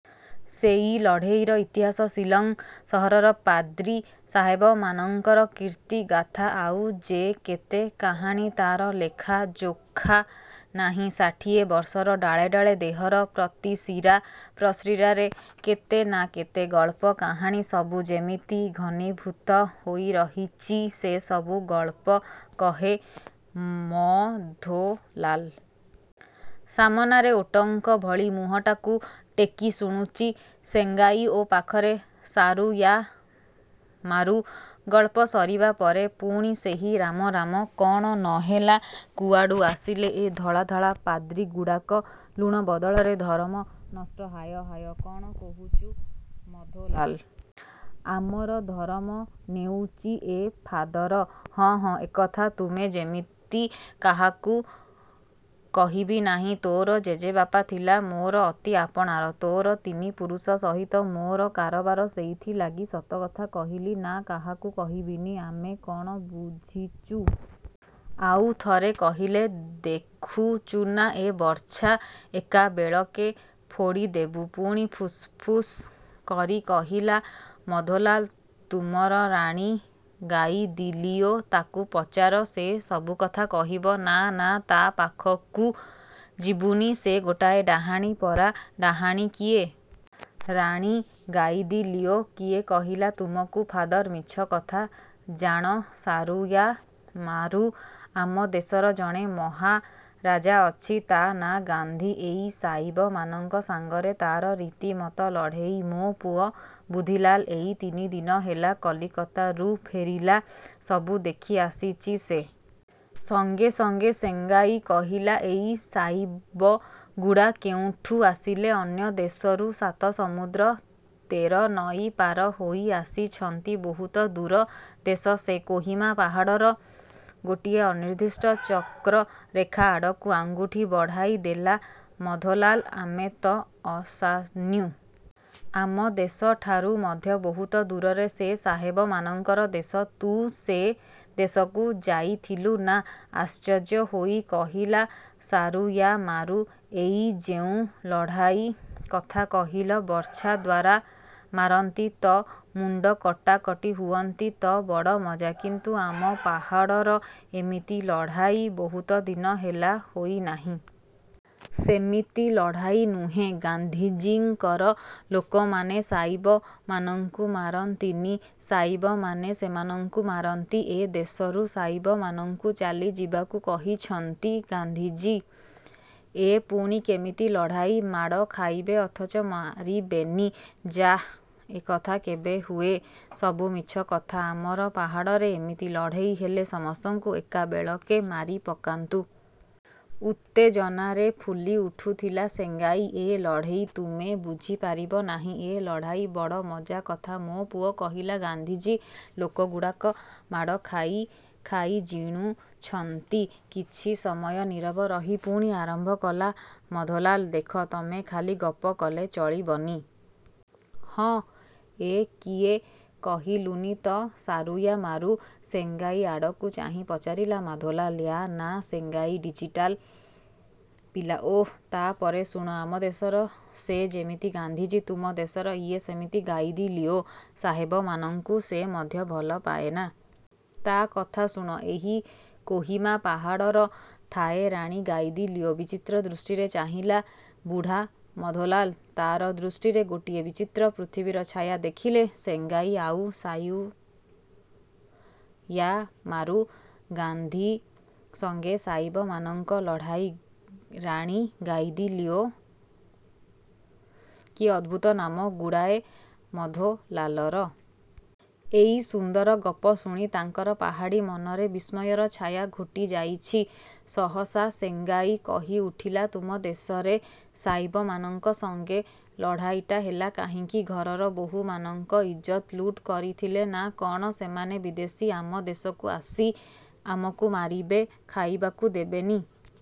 ସେଇ ଲଢ଼େଇର ଇତିହାସ। ଶିଲଂ ସହରର ପାଦ୍ରୀ ସାହେବମାନଙ୍କର କୀର୍ତ୍ତିଗାଥା। ଆଉ ଯେ କେତେ କାହାଣୀ ତାର ଲେଖାଯୋଖା ନାହିଁ। ଷାଠିଏ ବର୍ଷର ଡ଼ାଳେ ଡ଼ାଳେ, ଦେହର ପ୍ରତି ଶିରା ପ୍ରଶିରାରେ କେତେ ନା କେତେ ଗଳ୍ପ, କାହାଣୀ ସବୁ ଯେମିତି ଘନୀଭୂତ ହୋଇରହିଚି। ସେସବୁ ଗଳ୍ପ କହେ ମଧୋଲାଲ। ସାମନାରେ ଓଟଙ୍କ ଭଳି ମୁହଁଟାକୁ ଟେକି ଶୁଣୁଚି ସେଙ୍ଗାଇ ଓ ପାଖରେ ସାରୁୟାମାରୁ। ଗଳ୍ପ ସରିବା ପରେ ପୁଣି ସେହି ରାମ ରାମ। କ'ଣ ନ ହେଲା। କୁଆଡ଼ୁ ଆସିଲେ ଏ ଧଳା ଧଳା ପାଦ୍ରୀଗୁଡ଼ାକ। ଲୁଣ ବଦଳରେ ଧରମ ନଷ୍ଟ ହାୟ ହାୟ। କଣ କହୁଚୁ ମଧୋଲାଲ। ଆମର ଧରମ ନେଉଚି ଏ ଫାଦର? ହଁ ହଁ, ଏକଥା ତୁମେ ଯେମିତି କାହାକୁ କହିବି ନାହିଁ। ତୋର ଜେଜେବାପା ଥିଲା ମୋର ଅତି ଆପଣାର। ତୋର ତିନି ପୁରୁଷ ସହିତ ମୋର କାରବାର ସେଇଥିଲାଗି ସତକଥା କହିଲି। ନା, କାହାକୁ କହିବିନି। ଆମେ କଣ ବୁଝିଚୁ? ଆଉ ଥରେ କହିଲେ ଦେଖୁଚୁନା ଏ ବର୍ଚ୍ଛା, ଏକାବେଳକେ ଫୋଡ଼ି ଦେବୁ। ପୁଣି ଫୁସଫୁସ୍ କରି କହିଲା ମଧୋଲାଲ ତୁମର ରାଣୀ ଗାଇଦିଲିଓ ତାକୁ ପଚାର, ସେ ସବୁକଥା କହିବ। ନା, ନା; ତା ପାଖକୁ ଯିବୁନି, ସେ ଗୋଟାଏ ଡାହାଣୀ ପରା। ଡାହାଣୀ କିଏ? ରାଣୀ ଗାଇଦିଲିଓ? କିଏ କହିଲା ତୁମକୁ? ଫାଦର। ମିଛ କଥା। ଜାଣ ସାରୁୟାମାରୁ। ଆମ ଦେଶର ଜଣେ ମହାରାଜା ଅଛି। ତା ନାଁ ଗାନ୍ଧୀ। ଏହି ସାଇବମାନଙ୍କ ସାଙ୍ଗରେ ତାର ରୀତିମତ ଲଢ଼େଇ। ମୋ ପୁଅ ବୁଧିଲାଲ ଏଇ ତିନିଦିନ ହେଲା କଲିକତାରୁ ଫେରିଲା। ସବୁ ଦେଖିଆସିଚି ସେ। ସଙ୍ଗେ ସଙ୍ଗେ ସେଙ୍ଗାଇ କହିଲା ଏଇ ସାଇବଗୁଡ଼ା କେଉଁଠୁ ଆସିଲେ? ଅନ୍ୟ ଦେଶରୁ ସାତ ସମୁଦ୍ର ତେର ନଈ ପାର ହୋଇ ଆସିଛନ୍ତି। ବହୁତ ଦୂର ଦେଶ ସେ। କୋହିମା ପାହାଡ଼ର ଗୋଟିଏ ଅନିର୍ଦ୍ଦିଷ୍ଟ ଚକ୍ରରେଖା ଆଡ଼କୁ ଆଙ୍ଗୁଠି ବଢ଼ାଇଦେଲା ମଧୋଲାଲ। ଆମେ ତ ଅସାନ୍ୟୁ। ଆମ ଦେଶଠାରୁ ମଧ୍ୟ ବହୁତ ଦୂରରେ ସେ ସାହେବମାନଙ୍କର ଦେଶ। ତୁ ସେ ଦେଶକୁ ଯାଇଥିଲୁ? ନାଁ। ଆଶ୍ଚର୍ଯ୍ୟ ହୋଇ କହିଲା ସାରୁୟାମାରୁ ଏଇ ଯେଉଁ ଲଢ଼ାଇ କଥା କହିଲ, ବର୍ଚ୍ଛା ଦ୍ୱାରା ମାରନ୍ତି ତ? ମୁଣ୍ଡ କଟାକଟି ହୁଅନ୍ତି ତ? ବଡ଼ ମଜା। କିନ୍ତୁ ଆମ ପାହାଡ଼ରେ ଏମିତି ଲଢ଼ାଇ ବହୁତ ଦିନ ହେଲା ହୋଇନାହିଁ। ସେମିତି ଲଢ଼ାଇ ନୁହେଁ। ଗାନ୍ଧିଜୀଙ୍କର ଲୋକମାନେ ସାଇବମାନଙ୍କୁ ମାରନ୍ତିନି। ସାଇବମାନେ ସେମାନଙ୍କୁ ମାରନ୍ତି। ଏ ଦେଶରୁ ସାଇବମାନଙ୍କୁ ଚାଲିଯିବାକୁ କହିଛନ୍ତି ଗାନ୍ଧିଜୀ। ଏ ପୁଣି କେମିତି ଲଢ଼ାଇ? ମାଡ଼ ଖାଇବେ ଅଥଚ ମାରିବେନି। ଯାଃ, ଏକଥା କେବେ ହୁଏ? ସବୁ ମିଛ କଥା। ଆମର ପାହାଡ଼ରେ ଏମିତି ଲଢ଼େଇ ହେଲେ ସମସ୍ତଙ୍କୁ ଏକାବେଳକେ ମାରିପକାନ୍ତୁ। ଉତ୍ତେଜନାରେ ଫୁଲି ଉଠୁଥିଲା ସେଙ୍ଗାଇ। ଏ ଲଢ଼େଇ ତୁମେ ବୁଝିପାରିବ ନାହିଁ। ଏ ଲଢ଼ାଇ ବଡ଼ ମଜା କଥା। ମୋ ପୁଅ କହିଲା, ଗାନ୍ଧିଜୀ ଲୋକଗୁଡ଼ାକ ମାଡ଼ ଖାଇ ଖାଇ ଜିଣୁଛନ୍ତି। କିଛି ସମୟ ନୀରବ ରହି ପୁଣି ଆରମ୍ଭ କଲା ମଧୋଲାଲ। ଦେଖ, ତମେ ଖାଲି ଗପ କଲେ ଚଳିବନି। ହଁ, ଏ କିଏ କହିଲୁନି ତ ସାରୁୟାମାରୁ। ସେଙ୍ଗାଇ ଆଡ଼କୁ ଚାହିଁ ପଚାରିଲା ମଧୋଲାଲ। ୟା ନାଁ ସେଙ୍ଗାଇ। ଡିଜିଟାଲ ପିଲା। ଓଃ। ତା ପରେ ଶୁଣ, ଆମ ଦେଶରେ ସେ ଯେମିତି ଗାନ୍ଧିଜୀ, ତୁମ ଦେଶରେ ଇଏ ସେମିତି ଗାଇଦିଲିଓ। ସାହେବମାନଙ୍କୁ ସେ ମଧ୍ୟ ଭଲ ପାଏନା। ତା କଥା ଶୁଣ। ଏହି କୋହିମା ପାହାଡ଼ରେ ଥାଏ ରାଣୀ ଗାଇଦିଲିଓ। ବିଚିତ୍ର ଦୃଷ୍ଟିରେ ଚାହିଁଲା ବୁଢ଼ା ମଧୋଲାଲ। ତାର ଦୃଷ୍ଟିରେ ଗୋଟିଏ ବିଚିତ୍ର ପୃଥିବୀର ଛାୟା ଦେଖିଲେ ସେଙ୍ଗାଇ ଆଉ ସାରୁୟାମାରୁ। ଗାନ୍ଧୀ ସଙ୍ଗେ ସାଇବମାନଙ୍କ ଲଢ଼ାଇ। ରାଣୀ ଗାଇଦିଲିଓ। କି ଅଦ୍ଭୁତ ନାମଗୁଡ଼ାଏ ମଧୋଲାଲର। ଏଇ ସୁନ୍ଦର ଗପ ଶୁଣି ତାଙ୍କର ପାହାଡ଼ୀ ମନରେ ବିସ୍ମୟର ଛାୟା ଘୋଟିଯାଇଛି। ସହସା ସେଙ୍ଗାଇ କହି ଉଠିଲା ତୁମ ଦେଶରେ ସାଇବମାନଙ୍କ ସଙ୍ଗେ ଲଢ଼ାଇଟା ହେଲା କାହିଁକି? ଘରର ବୋହୂମାନଙ୍କ ଇଜତ ଲୁଟ୍ କରିଥିଲେ ନା କଣ? ସେମାନେ ବିଦେଶୀ। ଆମ ଦେଶକୁ ଆସି ଆମକୁ ମାରିବେ, ଖାଇବାକୁ ଦେବେନି।